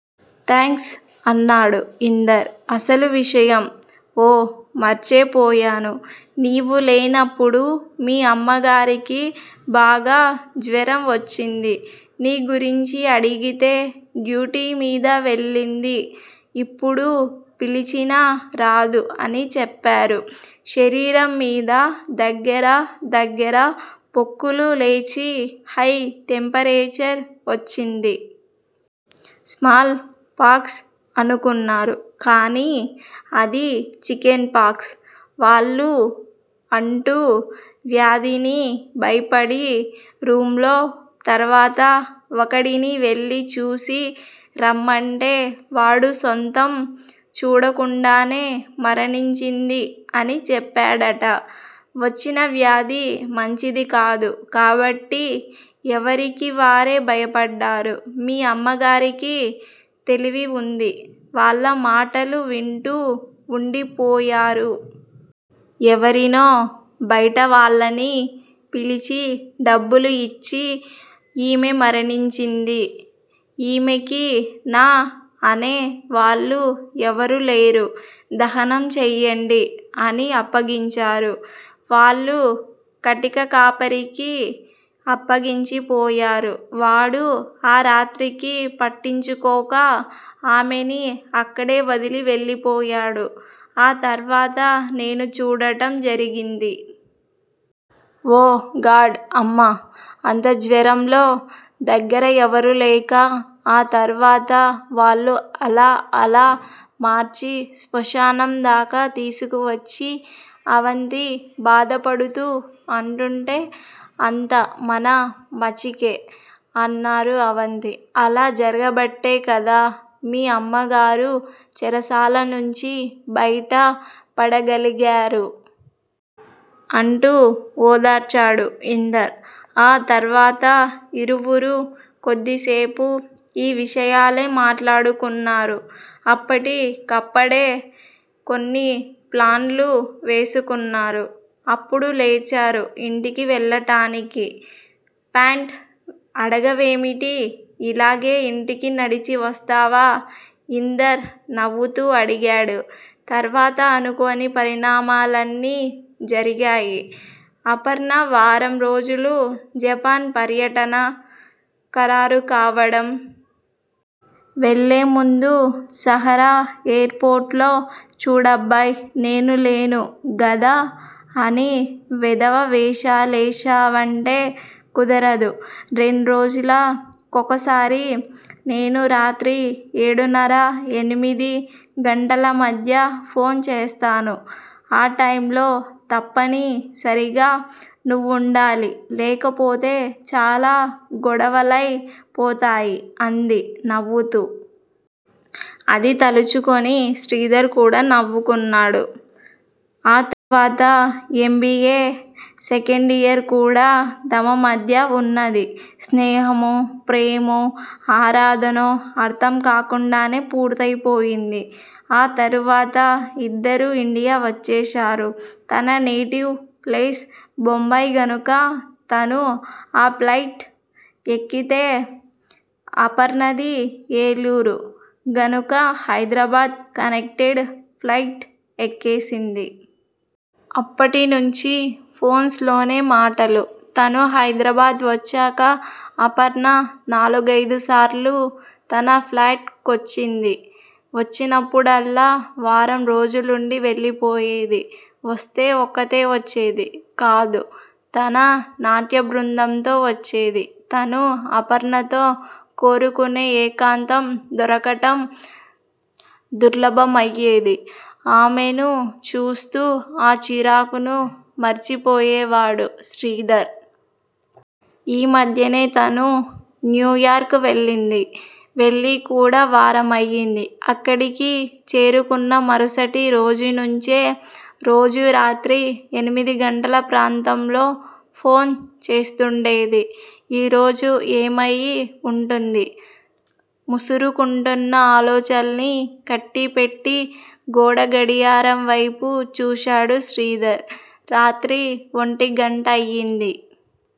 Thanks అన్నాడు ఇందర్. అసలు విషయం? ఓ మార్చేపోయాను. నీవు లేనపుడు మీ అమ్మగారికి బాగా జ్వరం వచ్చింది. నీ గురించి అడిగితే డ్యూటి మీద వెళ్ళింది యిప్పుడు పిలిచినా రాదు అని చెప్పారు. శరీరం మీద దగ్గర దగ్గర పొక్కులు లేచి హ్తె టెంపరేచర్ వచ్చింది. స్మాల్ పాక్స్ అనుకున్నారు. కానీ అది చికెన్ పాక్స్ వాళ్ళు అంటు వ్యాధిని భయపడి రూమ్ లో తర్వాత వకడిని వెళ్ళి చూసి రమ్మంటే వాడు సొంతం చూడకుండానే మరణించింది అని చెప్పాడట. వచ్చిన వ్యాధి మంచిది కాదు కాబట్టి ఎవరికీ వారే భయపడ్డారు. మీ అమ్మగారికి తెలివి వుంది వాళ్ళ మాటలు వింటూ ఉండి పోయారు. ఎవరినో బ్తేటవాళ్ళని పిలిచి డబ్బులు యిచ్చి ఈమె మరనించింది. ఈమెకి నా అనే వాళ్ళు ఎవరూ లేరు. దహనం చేయండి. అని అప్పగించారు. వాళ్ళు కాటికాపరికి అప్పగించి పోయారు. వాడు ఆ రాత్రికి పట్టించుకొక ఆమెని అక్కడే వదిలి వెళ్ళిపోయాడు. ఆ తర్వత నేను చూడటం జరిగింది. ఓ గాడ్ అమ్మ. అంత జ్వరంలో దగ్గర ఎవరూ లేక ఆ తర్వాత వాళ్ళు అలా అలా మార్చి స్మశానం దాకా తీసుకు వచ్చి అవంతి బాధపడుతూ అంటుంటే అంతా మన మచికే అన్నారు అవంతి! అలా జరగబట్టే కదా మీ అమ్మగారు చెరసాల నుంచి బ్తేట పడగలిగారు! అంటూ ఓదార్చాడు ఇందర్. ఆ తర్వాత ఇరువురూ కొద్దిసేపు ఈ విషయాలే మాట్లాడుకున్నారు. అప్పటి కప్పడే కొన్ని ప్లాన్లు వేసుకున్నారు. అప్పుడు లేచారు ఇంటికి వెళ్ళటానికి. ప్యాంట్ అడగవేమిటి ఇలాగే ఇంటికి నడిచి వస్తావా! ఇందర్ నవ్వుతూ అడిగాడు. తరువాత అనుకోని పరిణామాలన్నీ జరిగాయి. అపర్ణ వారం రోజులు జపాన్ పర్యటన ఖరారు కావడం. వెళ్ళే ముందు సహారా ఎయిర్ పోర్ట్ లో చూడబ్బాయ్ నేనులేను గదా అని వెధవ వేషాలేశావంటే కుదరదు రెండ్రోజుల కొకసారి నేను రాత్రి ఏడున్నర ఎనిమిది గంటల మధ్య ఫోన్ చేస్తాను. ఆ టైమ్ లో తప్పని సరిగా నువ్వుండాలి. లేకపోతే చాలా గొడవలై పోతాయి అంది నవ్వుతూ. అది తలుచుకుని శ్రీధర్ కూడా నవ్వుకున్నాడు. ఆ తరువాత ఎం. బి. ఏ. సెకండియర్ కూడా- తమ మధ్య వున్నది స్నేహమో ప్రేమో ఆరాధనో అర్థం కాకుండానే పూర్తయిపోయింది. ఆ తరువాత ఇద్దరూ ఇండియా వచ్చేశారు. తన నేటివ్ ప్లేస్ బొంబాయి గనుక తను ఆ ప్లయిట్ ఎక్కితే- అపర్ణది ఏలూరు గనుక హైదరాబాద్ కనెక్టెడ్ ఫ్లయిట్ ఎక్కేసింది. అప్పటి నుంచి ఫోన్స్ లోనే మాటలు. తను హైదరాబాద్ వచ్చాక అపర్ణ నాలుగైదుసార్లు తన ఫ్లాట్ కొచ్చింది. వచ్చినప్పుడల్లా వారం రోజులుండి వెళ్ళిపోయేది. వస్తే ఒక్కతే వచ్చేది కాదు- తన నాట్య బృందంతో వచ్చేది. తను అపర్ణతో కోరుకునే ఏకాంతం దొరకటం దుర్లభమయ్యేది. ఆమెను చూస్తూ ఆ చిరాకును మర్చిపోయేవాడు శ్రీధర్. ఈ మధ్యనే తాను న్యూయార్క్ వెళ్ళింది. వెళ్ళి కూడా వారమయింది. అక్కడికి చేరుకున్న మరుసటి రోజు నుంచే రోజూ రాత్రి ఎనిమిది గంటల ప్రాంతంలో ఫోన్ చేస్తుండేది. ఈ రోజు ఏమయి వుంటుంది? ముసురుకుంటున్న ఆలోచనల్ని కట్టిపెట్టి, గోడ గడియారం వైపు చూశాడు శ్రీధర్. రాత్రి ఒంటి గంటయింది.